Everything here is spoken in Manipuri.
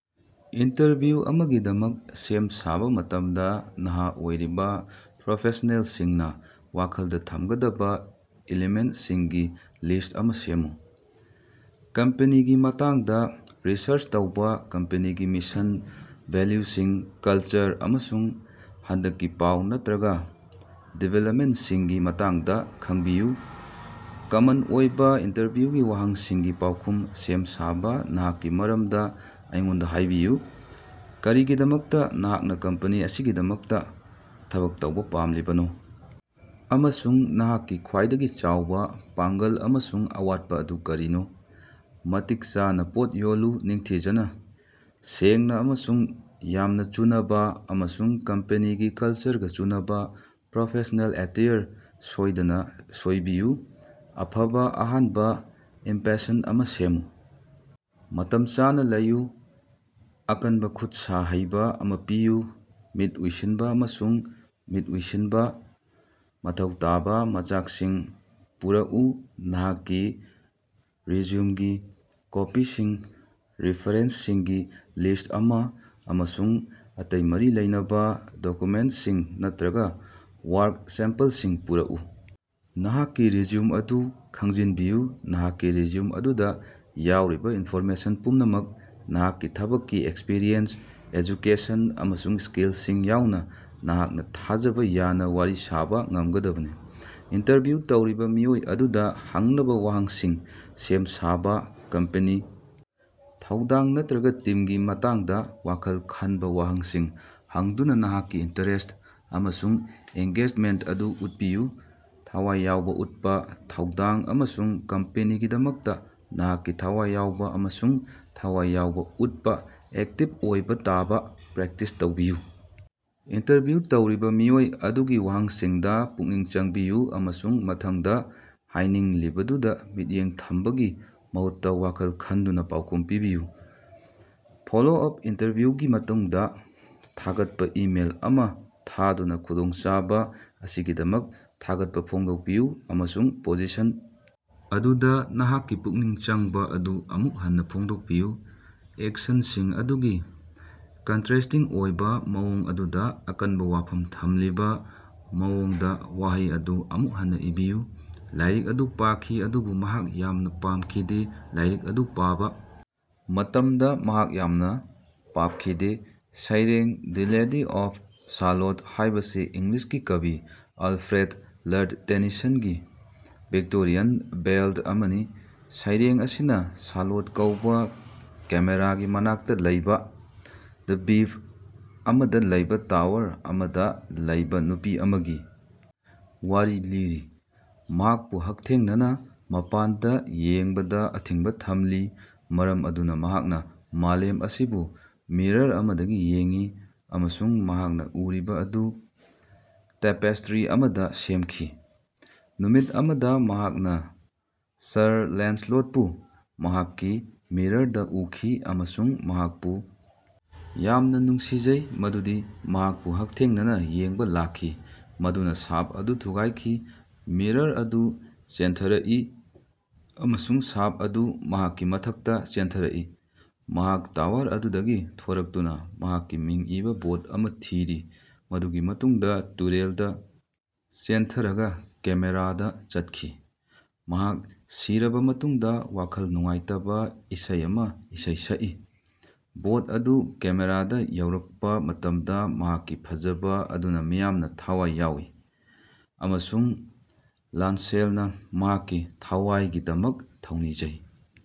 ꯏꯟꯇꯔꯚ꯭ꯌꯨ ꯑꯃꯒꯤꯗꯃꯛ ꯁꯦꯝ-ꯁꯥꯕ ꯃꯇꯝꯗ ꯅꯍꯥ ꯑꯣꯏꯔꯤꯕ ꯄ꯭ꯔꯣꯐꯦꯁꯅꯦꯜꯁꯤꯡꯅ ꯋꯥꯈꯜꯗ ꯊꯝꯒꯗꯕ ꯏꯂꯤꯃꯦꯟꯇꯁꯤꯡꯒꯤ ꯂꯤꯁ꯭ꯠ ꯑꯃ ꯁꯦꯝꯃꯨ꯫ ꯀꯝꯄꯦꯅꯤꯒꯤ ꯃꯇꯥꯡꯗ ꯔꯤꯁꯔꯆ ꯇꯧꯕ - ꯀꯝꯄꯦꯅꯤꯒꯤ ꯃꯤꯁꯟ, ꯚꯦꯂ꯭ꯌꯨꯁꯤꯡ, ꯀꯜꯆꯔ, ꯑꯃꯁꯨꯡ ꯍꯟꯗꯛꯀꯤ ꯄꯥꯎ ꯅꯠꯇꯔꯒ ꯗꯤꯕꯦꯂꯞꯃꯦꯟꯇꯁꯤꯡꯒꯤ ꯃꯇꯥꯡꯗ ꯈꯡꯕꯤꯌꯨ꯫ ꯀꯃꯟ ꯑꯣꯏꯕ ꯏꯟꯇꯔꯚ꯭ꯌꯨꯒꯤ ꯋꯥꯍꯪꯁꯤꯡꯒꯤ ꯄꯥꯎꯈꯨꯝ ꯁꯦꯝ-ꯁꯥꯕ - ꯅꯍꯥꯛꯀꯤ ꯃꯔꯝꯗ ꯑꯩꯉꯣꯟꯗ ꯍꯥꯏꯕꯤꯌꯨ, ꯀꯔꯤꯒꯤꯗꯃꯛꯇ ꯅꯍꯥꯛꯅ ꯀꯝꯄꯅꯤ ꯑꯁꯤꯒꯤꯗꯃꯛꯇ ꯊꯕꯛ ꯇꯧꯕ ꯄꯥꯝꯂꯤꯕꯅꯣ?, ꯑꯃꯁꯨꯡ ꯅꯍꯥꯛꯀꯤ ꯈ꯭ꯋꯥꯏꯗꯒꯤ ꯆꯥꯎꯕ ꯄꯥꯡꯒꯜ ꯑꯃꯁꯨꯡ ꯑꯋꯥꯠꯄ ꯑꯗꯨ ꯀꯔꯤꯅꯣ? ꯃꯇꯤꯛ ꯆꯥꯅ ꯄꯣꯠ ꯌꯣꯜꯂꯨ- ꯅꯤꯡꯊꯤꯖꯅ, ꯁꯦꯡꯅ ꯑꯃꯁꯨꯡ ꯌꯥꯝꯅ ꯆꯨꯅꯕ, ꯑꯃꯁꯨꯡ ꯀꯝꯄꯦꯅꯤꯒꯤ ꯀꯜꯆꯔꯒ ꯆꯨꯅꯕ ꯄ꯭ꯔꯣꯐꯦꯁ꯭ꯅꯦꯜ ꯑꯦꯇꯦꯌꯔ ꯁꯣꯏꯗꯅ ꯁꯣꯏꯕꯤꯌꯨ꯫ ꯑꯐꯕ ꯑꯍꯥꯟꯕ ꯏꯝꯄꯦꯁꯟ ꯑꯃ ꯁꯦꯝꯃꯨ - ꯃꯇꯝ ꯆꯥꯅ ꯂꯩꯌꯨ, ꯑꯀꯟꯕ ꯈꯨꯠꯁꯥ ꯍꯩꯕ ꯑꯃ ꯄꯤꯌꯨ, ꯃꯤꯠ ꯎꯏꯁꯤꯟꯕ ꯑꯃꯁꯨꯡ ꯃꯤꯠ ꯎꯏꯁꯤꯟꯕ꯫ ꯃꯊꯧ ꯇꯥꯕ ꯃꯆꯥꯛꯁꯤꯡ ꯄꯨꯔꯛꯎ - ꯅꯍꯥꯛꯀꯤ ꯔꯤꯖ꯭ꯌꯨꯝꯒꯤ ꯀꯣꯄꯤꯁꯤꯡ, ꯔꯤꯐꯔꯦꯟꯁꯁꯤꯡꯒꯤ ꯂꯤꯁ꯭ꯠ ꯑꯃ, ꯑꯃꯁꯨꯡ ꯑꯇꯩ ꯃꯔꯤ ꯂꯩꯅꯕ ꯗꯣꯀ꯭ꯌꯨꯃꯦꯟꯇꯁꯤꯡ ꯅꯠꯇꯔꯒ ꯋꯥꯔꯛ ꯁꯦꯝꯄꯜꯁꯤꯡ ꯄꯨꯔꯛꯎ꯫ ꯅꯍꯥꯛꯀꯤ ꯔꯤꯖ꯭ꯌꯨꯝ ꯑꯗꯨ ꯈꯪꯖꯤꯟꯕꯤꯌꯨ - ꯅꯍꯥꯛꯀꯤ ꯔꯤꯖ꯭ꯌꯨꯝ ꯑꯗꯨꯗ ꯌꯥꯎꯔꯤꯕ ꯏꯟꯐꯣꯔꯃꯦꯁꯟ ꯄꯨꯝꯅꯃꯛ, ꯅꯍꯥꯛꯀꯤ ꯊꯕꯛꯀꯤ ꯑꯦꯛꯁꯄꯤꯔꯤꯑꯦꯟꯁ, ꯑꯦꯖꯨꯀꯦꯁꯟ, ꯑꯃꯁꯨꯡ ꯁ꯭ꯀꯤꯜꯁꯤꯡ ꯌꯥꯎꯅ, ꯅꯍꯥꯛꯅ ꯊꯥꯖꯕ ꯌꯥꯅ ꯋꯥꯔꯤ ꯁꯥꯕ ꯉꯝꯒꯗꯕꯅꯤ꯫ ꯏꯟꯇꯔꯚ꯭ꯌꯨ ꯇꯧꯔꯤꯕ ꯃꯤꯑꯣꯏ ꯑꯗꯨꯗ ꯍꯪꯅꯕ ꯋꯥꯍꯪꯁꯤꯡ ꯁꯦꯝ-ꯁꯥꯕꯥ - ꯀꯝꯄꯅꯤ, ꯊꯧꯗꯥꯡ ꯅꯠꯇꯔꯒ ꯇꯤꯝꯒꯤ ꯃꯇꯥꯡꯗ ꯋꯥꯈꯜ ꯈꯟꯕ ꯋꯥꯍꯪꯁꯤꯡ ꯍꯪꯗꯨꯅ ꯅꯍꯥꯛꯀꯤ ꯏꯟꯇꯔꯦꯁ꯭ꯠ ꯑꯃꯁꯨꯡ ꯑꯦꯡꯒꯦꯖꯃꯦꯟꯇ ꯑꯗꯨ ꯎꯠꯄꯤꯌꯨ꯫ ꯊꯋꯥꯏ ꯌꯥꯎꯕ ꯎꯠꯄ ꯊꯧꯗꯥꯡ ꯑꯃꯁꯨꯡ ꯀꯝꯄꯦꯅꯤꯒꯤꯗꯃꯛꯇ ꯅꯍꯥꯛꯀꯤ ꯊꯋꯥꯏ ꯌꯥꯎꯕ ꯑꯃꯁꯨꯡ ꯊꯋꯥꯏ ꯌꯥꯎꯕ‌ ꯎꯠꯄ - ꯑꯦꯛꯇꯤꯕ ꯑꯣꯏꯅ ꯇꯥꯕ ꯄ꯭ꯔꯦꯛꯇꯤꯁ ꯇꯧꯕꯤꯌꯨ - ꯏꯟꯇꯔꯚ꯭ꯌꯨ ꯇꯧꯔꯤꯕ ꯃꯤꯑꯣꯏ ꯑꯗꯨꯒꯤ ꯋꯥꯍꯪꯁꯤꯡꯗ ꯄꯨꯛꯅꯤꯡ ꯆꯪꯕꯤꯌꯨ ꯑꯃꯁꯨꯡ ꯃꯊꯪꯗ ꯍꯥꯏꯅꯤꯡꯂꯤꯕꯗꯨꯗ ꯃꯤꯠꯌꯦꯡ ꯊꯝꯕꯒꯤ ꯃꯍꯨꯠꯇ ꯋꯥꯈꯜ ꯈꯟꯗꯨꯅ ꯄꯥꯎꯈꯨꯝ ꯄꯤꯕꯤꯌꯨ꯫ ꯐꯣꯂꯣ ꯑꯞ - ꯏꯟꯇꯔꯚ꯭ꯌꯨꯒꯤ ꯃꯇꯨꯡꯗ ꯊꯥꯒꯠꯄ ꯏꯃꯦꯜ ꯑꯃ ꯊꯥꯗꯨꯅ ꯈꯨꯗꯣꯡꯆꯥꯕ ꯑꯁꯤꯒꯤꯗꯃꯛ ꯊꯥꯒꯠꯄ ꯐꯣꯡꯗꯣꯛꯄꯤꯌꯨ ꯑꯃꯁꯨꯡ ꯄꯣꯖꯤꯁꯟ ꯑꯗꯨꯗ ꯅꯍꯥꯛꯀꯤ ꯄꯨꯛꯅꯤꯡ ꯆꯪꯕ ꯑꯗꯨ ꯑꯃꯨꯛ ꯍꯟꯅ ꯐꯣꯡꯗꯣꯛꯄꯤꯌꯨ꯫ ꯑꯦꯛꯁꯟꯁꯤꯡ ꯑꯗꯨꯒꯤ ꯀꯟꯇꯔꯦꯁ꯭ꯇꯤꯡ ꯑꯣꯏꯕ ꯃꯑꯣꯡ ꯑꯗꯨꯗ ꯑꯀꯟꯕ ꯋꯥꯐꯝ ꯊꯝꯂꯤꯕ ꯃꯑꯣꯡꯗ ꯋꯥꯍꯩ ꯑꯗꯨ ꯑꯃꯨꯛ ꯍꯟꯅ ꯏꯕꯤꯌꯨ꯫ ꯂꯥꯏꯔꯤꯛ ꯑꯗꯨ ꯄꯥꯈꯤ ꯑꯗꯨꯕꯨ ꯃꯍꯥꯛ ꯌꯥꯝꯅ ꯄꯥꯝꯈꯤꯗꯦ꯫ ꯂꯥꯏꯔꯤꯛ ꯑꯗꯨ ꯄꯥꯕ ꯃꯇꯝꯗ ꯃꯍꯥꯛ ꯌꯥꯝꯅ ꯄꯥꯞꯈꯤꯗꯦ꯫ ꯁꯩꯔꯦꯡ, ꯗꯤ ꯂꯦꯗꯤ ꯑꯣꯐ ꯁꯥꯂꯣꯠ ꯍꯥꯏꯕꯁꯤ ꯏꯪꯂꯤꯁꯀꯤ ꯀꯕꯤ ꯑꯜꯐ꯭ꯔꯦꯗ, ꯂꯔꯗ ꯇꯦꯅꯤꯁꯟꯒꯤ ꯚꯤꯛꯇꯣꯔꯤꯌꯥꯟ ꯕꯦꯜꯗ ꯑꯃꯅꯤ꯫ ꯁꯩꯔꯦꯡ ꯑꯁꯤꯅ ꯁꯥꯂꯣꯠ ꯀꯧꯕ ꯀꯦꯃꯦꯔꯥꯒꯤ ꯃꯅꯥꯛꯇ ꯂꯩꯕ ꯗ꯭ꯕꯤꯞ ꯑꯃꯗ ꯂꯩꯕ ꯇꯋꯥꯔ ꯑꯃꯗ ꯂꯩꯕ ꯅꯨꯄꯤ ꯑꯃꯒꯤ ꯋꯥꯔꯤ ꯂꯤꯔꯤ꯫ ꯃꯍꯥꯛꯄꯨ ꯍꯛꯊꯦꯡꯅꯅ ꯃꯄꯥꯟꯗ ꯌꯦꯡꯕꯗ ꯑꯊꯤꯡꯕ ꯊꯝꯂꯤ, ꯃꯔꯝ ꯑꯗꯨꯅ ꯃꯍꯥꯛꯅ ꯃꯥꯂꯦꯝ ꯑꯁꯤꯕꯨ ꯃꯤꯔ꯭ꯔ ꯑꯃꯗꯒꯤ ꯌꯦꯡꯏ ꯑꯃꯁꯨꯡ ꯃꯍꯥꯛꯅ ꯎꯔꯤꯕ ꯑꯗꯨ ꯇꯦꯄꯦꯁ꯭ꯇꯔꯤ ꯑꯃꯗ ꯁꯦꯝꯈꯤ꯫ ꯅꯨꯃꯤꯠ ꯑꯃꯗ ꯃꯍꯥꯛꯅ ꯁꯔ ꯂꯦꯟꯁꯂꯣꯠꯄꯨ ꯃꯍꯥꯛꯀꯤ ꯃꯤꯔ꯭ꯔꯗ ꯎꯈꯤ ꯑꯃꯁꯨꯡ ꯃꯍꯥꯛꯄꯨ ꯌꯥꯝꯅ ꯅꯨꯡꯁꯤꯖꯩ ꯃꯗꯨꯗꯤ ꯃꯍꯥꯛꯄꯨ ꯍꯛꯊꯦꯡꯅꯅꯥ ꯌꯦꯡꯅꯕ ꯂꯥꯛꯈꯤ, ꯃꯗꯨꯅ ꯁꯥꯞ ꯑꯗꯨ ꯊꯨꯒꯥꯏꯈꯤ꯫ ꯃꯤꯔ꯭ꯔ ꯑꯗꯨ ꯆꯦꯟꯊꯔꯛꯏ ꯑꯃꯁꯨꯡ ꯁꯥꯞ ꯑꯗꯨ ꯃꯍꯥꯛꯀꯤ ꯃꯊꯛꯇ ꯆꯦꯟꯊꯔꯛꯏ꯫ ꯃꯍꯥꯛ ꯇꯋꯥꯔ ꯑꯗꯨꯗꯒꯤ ꯊꯣꯔꯛꯇꯨꯅ ꯃꯍꯥꯛꯀꯤ ꯃꯤꯡ ꯏꯕꯥ ꯕꯣꯠ ꯑꯃ ꯊꯤꯔꯤ, ꯃꯗꯨꯒꯤ ꯃꯇꯨꯡꯗ ꯇꯨꯔꯦꯜꯗ‌ ꯆꯦꯟꯊꯔꯒ ꯀꯦꯃꯦꯔꯥꯗ ꯆꯠꯈꯤ, ꯃꯍꯥꯛ ꯁꯤꯔꯕ ꯃꯇꯨꯡꯗ ꯋꯥꯈꯜ ꯅꯨꯡꯉꯥꯏꯇꯕ‌ ꯏꯁꯩ ꯑꯃꯥ ꯏꯁꯩ ꯁꯛꯏ꯫ ꯕꯣꯠ ꯑꯗꯨ ꯀꯦꯃꯦꯔꯥꯗ ꯌꯧꯔꯛꯄ ꯃꯇꯝꯗ ꯃꯍꯥꯛꯀꯤ ꯐꯖꯕ ꯑꯗꯨꯅ ꯃꯤꯌꯥꯝꯅ ꯊꯋꯥꯏ ꯌꯥꯎꯏ, ꯑꯃꯁꯨꯡ ꯂꯥꯟꯁꯦꯜꯅ ꯃꯍꯥꯛꯀꯤ ꯊꯋꯥꯏꯒꯤꯗꯃꯛ ꯊꯧꯅꯤꯖꯩ꯫